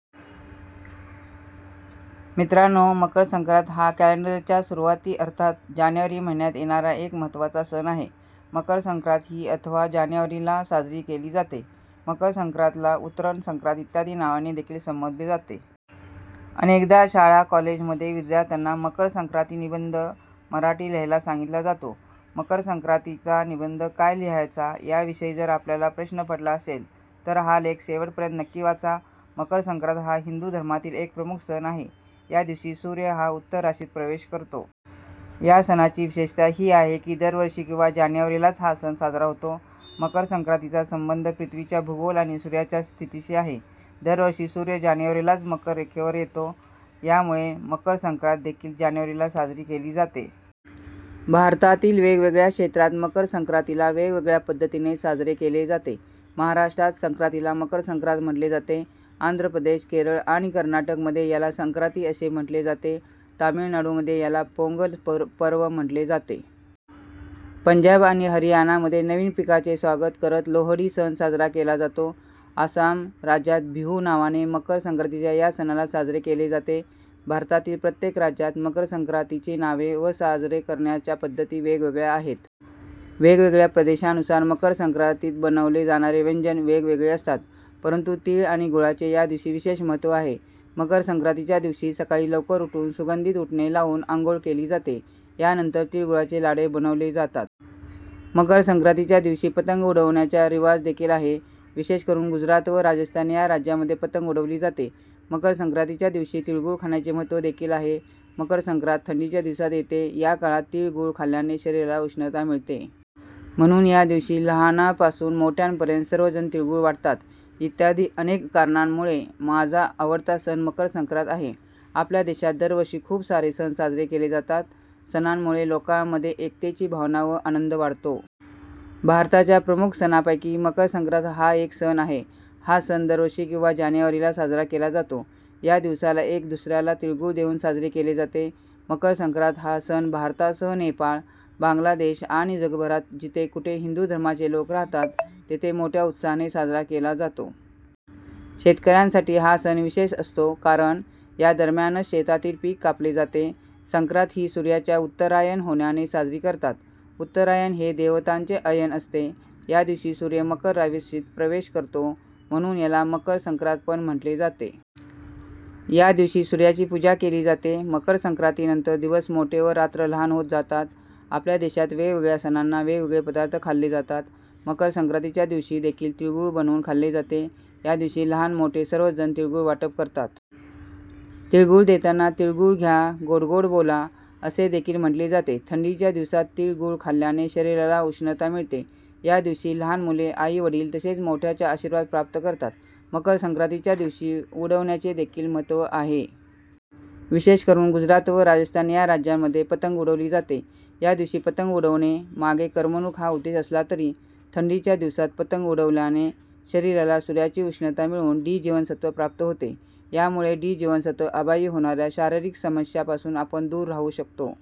: मित्रांनो मकर संक्रांत हा कॅलेंडर च्या सुरुवाती अर्थात जानेवारी महिन्यात येणारा एक महत्त्वाचा सण आहे. मकरसंक्रांत ही अथवा जानेवारी ला साजरी केली जाते. मकरसंक्रांत ला उतरण, संक्रांत इत्यादी नावाने देखील संबोधले जाते. अनेकदा शाळा कॉलेज मध्ये विद्यार्थ्यांना मकर संक्रांती निबंध मराठी लिहायला सांगितला जातो. मकर संक्रांती चा निबंध काय लिहायचं याविषयी जर आपल्याला प्रश्न पडला असेल तर हा लेख शेवटपर्यंत नक्की वाचा. मकरसंक्रांत हा हिंदू धर्मातील एक प्रमुख सण आहे, या दिवशी सूर्य हा उत्तर राशीत प्रवेश करतो. या सणाची विशेषता ही आहे की दरवर्षी किंवा जानेवारीलाच हा सण साजरा होतो. मकरसंक्रांतीचा संबंध पृथ्वीच्या भूगोल आणि सूर्याच्या स्थितीशी आहे. दरवर्षी सूर्य जानेवारीलाच मकर रेखे वर येतो. यामुळे मकर संक्रांत देखील जानेवारीला साजरी केली जाते. भारतातील वेगवेगळ्या क्षेत्रात मकर संक्रांतीला वेगवेगळ्या पद्धतीने साजरे केले जाते. महाराष्ट्रात संक्रांतीला मकर संक्रांत म्हटले जाते. आंध्र प्रदेश, केरळ आणि कर्नाटक मध्ये याला संक्रांति असे म्हटले जाते. तमिळनाडूमध्ये याला 'पोंगल' पर्व म्हटले जाते. पंजाब आणि हरियाणा मध्ये नवीन पिकाचे स्वागत करत लोहडी सण साजरा केला जातो. आसाम राज्यात बिहू नावाने मकर संक्रांतीच्या या सणाला साजरे केले जाते. भारतातील प्रत्येक राज्यात मकरसंक्रांतीचे नाव व साजरे करण्याच्या पद्धती वेगवेगळ्या आहेत. वेगवेगळ्या प्रदेशानुसार मकर संक्रांतीत बनवले जाणारे व्यंजन वेगवेगळे असतात, परंतु तीळ आणि गुळाचे या दिवशी विशेष महत्त्व आहे. मकर संक्रांतीच्या दिवशी सकाळी लवकर उठून सुगंधित उटने लाऊन आंघोळ केली जाते. यानंतर तिळगुळाचे लाडू बनवले जातात. मकर संक्रांतीच्या दिवशी पतंग उडवण्याच्या रीवाज देखील आहे. विशेष करून गुजरात व राजस्थान या राज्यांमध्ये पतंग उडवली जाते. मकर संक्रांतीच्या दिवशी तिळगुळ खाण्याचे महत्त्व देखील आहे. मकर संक्रांत थंडीच्या दिवसात येते या काळात तीळ गूळ खाल्ल्याने शरीराला उष्णता मिळते. म्हणून या दिवशी लहानापासून मोठ्यापर्यंत सर्वजण तिळगुळ वाटतात. इत्यादी अनेक कारणांमुळे माझा आवडता सण मकर संक्रांत आहे. आपल्या देशात दरवर्षी खूप सारे सण साजरे केले जातात. सणांमुळे लोकामध्ये एकतेची भावना व आनंद वाढतो. भारताच्या प्रमुख सणापैकी मकर संक्रांत हा एक सण आहे. हा सण दरवर्षी किंवा जानेवारीला साजरा केला जातो. या दिवसाला एक दुसऱ्याला तिळगुळ देऊन साजरे केले जाते. मकरसंक्रांत हा सण भारतासह नेपाळ, बांगलादेश आणि जगभरात जिथे कुठे हिंदू धर्माचे लोक राहतात तेथे मोठ्या उत्साहाने साजरा केला जातो. शेतकऱ्यांसाठी हा सण विशेष असतो कारण यादरम्यानच शेतातील पिक कापले जाते. संक्रांत ही सूर्याच्या उत्तरायण होण्याने साजरी करतात. उत्तरायण हे देवतांचे अयन असते. यादिवशी सूर्य मकर राशीत प्रवेश करतो, म्हणून याला 'मकर संक्रांत' पण म्हटले जाते. या दिवशी सूर्याची पूजा केली जाते. मकर संक्रांती नंतर दिवस मोठे व रात्र लहान होत जातात. आपल्या देशात वेगवेगळ्या सणाना वेगवेगळे पदार्थ खाल्ले जातात. मकर संक्रांतीच्या दिवशी देखील तिळगुळ बनवून खाल्ले जाते. या दिवशी लहान मोठे सर्वच जण तिळगुळ वाटप करतात. तिळगुळ देताना "तिळगुळ घ्या, गोड गोड बोला" असे देखील म्हटले जाते. थंडीच्या दिवसात तीळ गुळ खाल्ल्याने शरीराला उष्णता मिळते. या दिवशी लहान मुले आई वडील तसेच मोठ्याचा आशीर्वाद प्राप्त करतात. मकर संक्रांतीच्या दिवशी उडवण्याचे देखील महत्त्व आहे. विशेष करून गुजरात व राजस्थान या राज्यांमध्ये पतंग उडवली जाते. या दिवशी पतंग उडवणे मागे करमणूक हा उद्देश असला तरी थंडीच्या दिवसात पतंग उडवल्याने शरीराला सूर्याची उष्णता मिळून डी जीवनसत्व प्राप्त होते. यामुळे डी जीवनसत्व अभावी होणाऱ्या शारीरिक समस्यांपासून आपण दूर राहू शकतो.